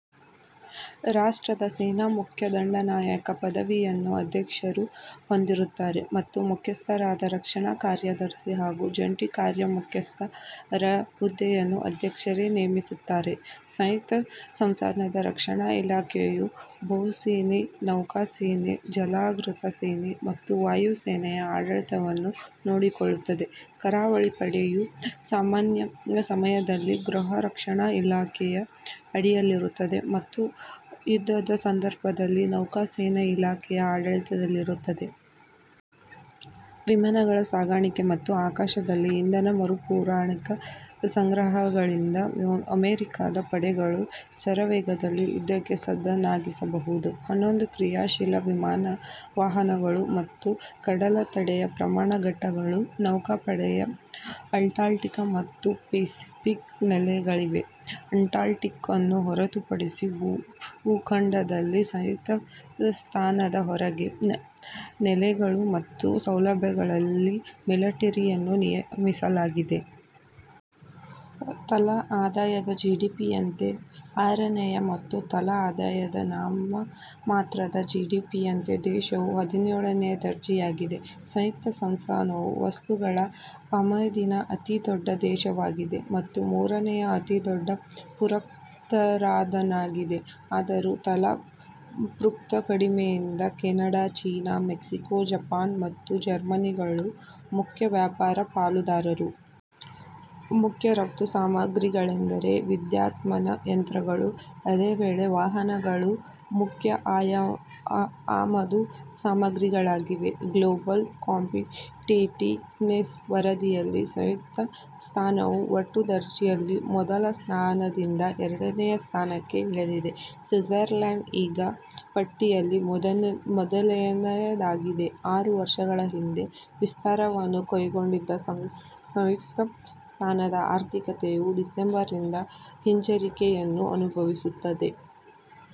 ರಾಷ್ಟ್ರದ ಸೇನಾ ಮುಖ್ಯ ದಂಡನಾಯಕನ ಪದವಿಯನ್ನು ಅಧ್ಯಕ್ಷರು ಹೊಂದಿರುತ್ತಾರೆ ಮತ್ತು ಮುಖ್ಯಸ್ಥರಾದ ರಕ್ಷಣಾ ಕಾರ್ಯದರ್ಶಿ ಹಾಗೂ ಜಂಟಿ ಕಾರ್ಯಮುಖ್ಯಸ್ಥ ರ ಹುದ್ದೆಯನ್ನು ಅಧ್ಯಕ್ಷರೇ ನೇಮಿಸುತ್ತಾರೆ. ಸಂಯುಕ್ತ ಸಂಸ್ಥಾನದ ರಕ್ಷಣಾ ಇಲಾಖೆ ಯು ಭೂಸೇನೆ, ನೌಕಾಸೇನೆ, ಜಲಾಂತರ್ಗತ ಸೇನೆ ಮತ್ತು ವಾಯುಸೇನೆಯ ಆಡಳಿತವನ್ನು ನೋಡಿಕೊಳ್ಳುತ್ತದೆ. ಕರಾವಳಿ ಪಡೆ ಯು ಸಾಮಾನ್ಯ ಸಮಯದಲ್ಲಿ ಗೃಹರಕ್ಷಣಾ ಇಲಾಖೆ ಯ ಆಡಳಿತದಲ್ಲಿರುತ್ತದೆ ಮತ್ತು ಯುದ್ಧದ ಸಂದರ್ಭದಲ್ಲಿ ನೌಕಾಸೇನಾ ಇಲಾಖೆ ಯ ಆಡಳಿತದಲ್ಲಿರುತ್ತದೆ. ವಿಮಾನಗಳ ಸಾಗಣೆ ಮತ್ತು ಆಕಾಶದಲ್ಲಿ ಇಂಧನ ಮರುಪೂರಣಾ ಸಂಗ್ರಾಹಕಗಳಿಂದ ಅಮೆರಿಕದ ಪಡೆಗಳು ಶರವೇಗದಲ್ಲಿ ಯುದ್ಧಕ್ಕೆ ಸನ್ನದ್ಧರನ್ನಾಗಿಸಬಹುದು. ಹನ್ನೊಂದು ಕ್ರಿಯಾಶೀಲ ವಿಮಾನ ವಾಹಕಗಳು ಮತ್ತು ಕಡಲತಡಿಯ ಪ್ರಯಾಣ ಘಟಕ ಗಳು ನೌಕಾಪಡೆಯ ಅಟ್ಲಾಂಟಿಕ್ ಮತ್ತು ಪೆಸಿಫಿಕ್ ನೆಲೆ ಗಳಲ್ಲಿವೆ. ಅಂಟಾರ್ಕ್ಟಿಕಾವನ್ನು ಹೊರತುಪಡಿಸಿ ಭೂಖಂಡದಲ್ಲಿ ಸಂಯುಕ್ತ ಸಂಸ್ಥಾನದ ಹೊರಗೆ, ನೆಲೆಗಳು ಮತ್ತು ಸೌಲಭ್ಯಗಳಲ್ಲಿ ಮಿಲಿಟರಿಯನ್ನು ನಿಯಮಿಸಲಾಗಿದೆ. ತಲಾ ಆದಾಯದ ಜಿಡಿಪಿ ಯಂತೆ ಆರನೇಯ ಮತ್ತು ತಲಾ ಆದಾಯದ ನಾಮಮಾತ್ರದ ಜಿಡಿಪಿ ಯಂತೆ ದೇಶವು ಹದಿನೇಳನೇ ದರ್ಜೆಯದಾಗಿದೆ. ಸಂಯುಕ್ತ ಸಂಸ್ಥಾನವು ವಸ್ತುಗಳ ಆಮದಿನ ಅತೀ ದೊಡ್ಡ ದೇಶವಾಗಿದೆ. ಮತ್ತು ಮೂರನೇ ಅತೀದೊಡ್ಡ ರಫ್ತುದಾರನಾಗಿದೆ. ಆದರೂ ತಲಾ ರಫ್ತು ಕಡಿಮೆಯಿದೆ. ಕೆನಡಾ, ಚೀನಾ, ಮೆಕ್ಸಿಕೋ, ಜಪಾನ್ ಮತ್ತು ಜರ್ಮನಿಗಳು ಮುಖ್ಯ ವ್ಯಾಪಾರಿ ಪಾಲುದಾರರು. ಮುಖ್ಯ ರಫ್ತು ಸಾಮಗ್ರಿಗಳೆಂದರೆ ವಿದ್ಯುನ್ಮಾನ ಯಂತ್ರಗಳು. ಇದೇ ವೇಳೆ ವಾಹನಗಳು ಮುಖ್ಯ ಆಮದು ಸಾಮಗ್ರಿಯಾಗಿವೆ. ಗ್ಲೋಬಲ್ ಕಾಂಪಿಟಿಟಿವ್ನೆಸ್ ವರದಿ ಯಲ್ಲಿ ಸಂಯುಕ್ತ ಸಂಸ್ಥಾನವು ಒಟ್ಟು ದರ್ಜೆಯಲ್ಲಿ ಮೊದಲ ಸ್ಥಾನದಿಂದ ಎರಡನೇ ಸ್ಥಾನಕ್ಕೆ ಇಳಿದಿದೆ. ಸ್ವಿಝರ್ಲ್ಯಾಂಡ್ ಈಗ ಪಟ್ಟಿಯಲ್ಲಿ ಮೊದಲನೆಯದಾಗಿದೆ. ಆರು ವರ್ಷಗಳ ಹಿಂದೆ ವಿಸ್ತಾರವನ್ನು ಕೈಗೊಂಡಿದ್ದ ಸಂಯುಕ್ತ ಸಂಸ್ಥಾನದ ಆರ್ಥಿಕತೆಯು ಡಿಸೆಂಬರ್ ರಿಂದ ಹಿಂಜರಿಕೆ ಯನ್ನು ಅನುಭವಿಸುತ್ತಿದೆ.